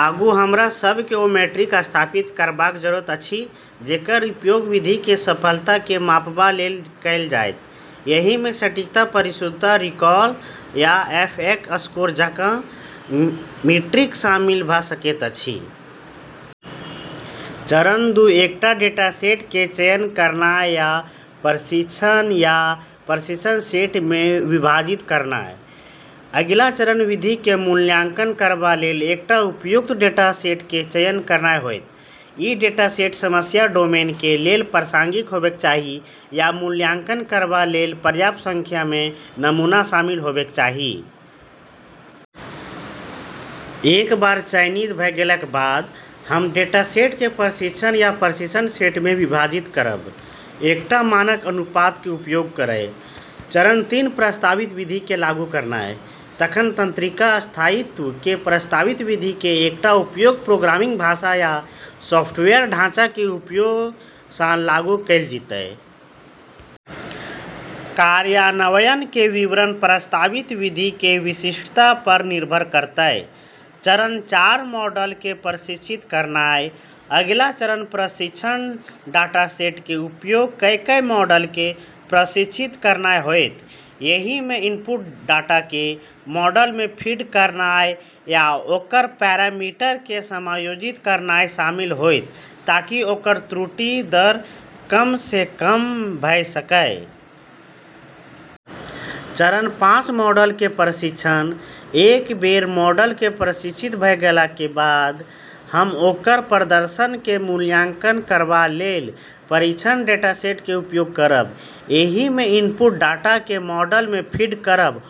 आगू हमरा सब के ओ मीट्रिक स्थापित करबाक जरूरत अछि जेकर उपयोग विधि के सफलता के मापबा लेल कएल जाएत। एहि मे सटीकता, परिशुद्धता, रिकॉल, आ एफ एक स्कोर जकां मीट्रिक शामिल भ सकैत अछि। चरण दू एकटा डाटासेट के चयन करनाय आ प्रशिक्षण आ परीक्षण सेट मे विभाजित करनाय। अगिला चरण विधि के मूल्यांकन करबा लेल एकटा उपयुक्त डाटासेट के चयन करनाय होयत। ई डाटासेट समस्या डोमेन के लेल प्रासंगिक होबाक चाही आ मूल्यांकन करबा लेल पर्याप्त संख्या मे नमूना शामिल होबाक चाही। एक बेर चयनित भ गेलाक बाद, हम डाटासेट के प्रशिक्षण आ परीक्षण सेट मे विभाजित करब, एकटा मानक अनुपात के उपयोग करय। चरण तीन प्रस्तावित विधि के लागू करनाय। तखन तंत्रिका स्थायित्व के प्रस्तावित विधि के एकटा उपयुक्त प्रोग्रामिंग भाषा आ सॉफ्टवेयर ढाँचा के उपयोग सँ लागू कएल जेतय। कार्यान्वयन के विवरण प्रस्तावित विधि के विशिष्टता पर निर्भर करतय। चरण चार मॉडल के प्रशिक्षित करनाय। अगिला चरण प्रशिक्षण डाटासेट के उपयोग कए कए मॉडल के प्रशिक्षित करनाय होयत। एहि मे इनपुट डाटा के मॉडल मे फीड करनाय आ ओकर पैरामीटर के समायोजित करनाय शामिल होयत ताकि ओकर त्रुटि दर कम सँ कम भ सकय। चरण पाँच मॉडल के परीक्षण। एक बेर मॉडल के प्रशिक्षित भ गेलाक के बाद, हम ओकर प्रदर्शन के मूल्यांकन करबा लेल परीक्षण डाटासेट के उपयोग करब। एहि मे इनपुट डाटा के मॉडल मे फीड करब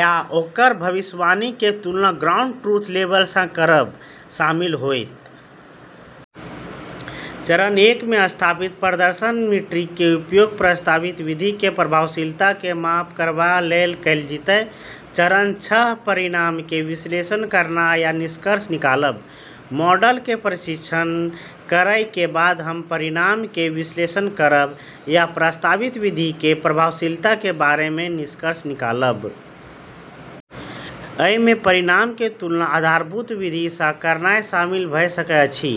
आ ओकर भविष्यवाणी के तुलना ग्राउंड ट्रूथ लेबल सँ करब शामिल होएत। चरण एक मे स्थापित प्रदर्शन मीट्रिक के उपयोग प्रस्तावित विधि के प्रभावशीलता के माप करबा लेल कएल जेतय। चरण छह परिणाम के विश्लेषण करनाय आ निष्कर्ष निकालब। मॉडल के परीक्षण करय के बाद हम परिणाम के विश्लेषण करब आ प्रस्तावित विधि के प्रभावशीलता के बारे मे निष्कर्ष निकालब। अइ मे परिणाम के तुलना आधारभूत विधि सँ करनाय शामिल भ सकय अछि,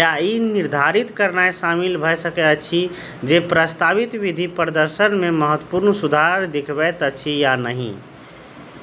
आ ई निर्धारित करनाय शामिल भ सकय अछि जे प्रस्तावित विधि प्रदर्शन मे महत्वपूर्ण सुधार दिखबैत अछि या नहि।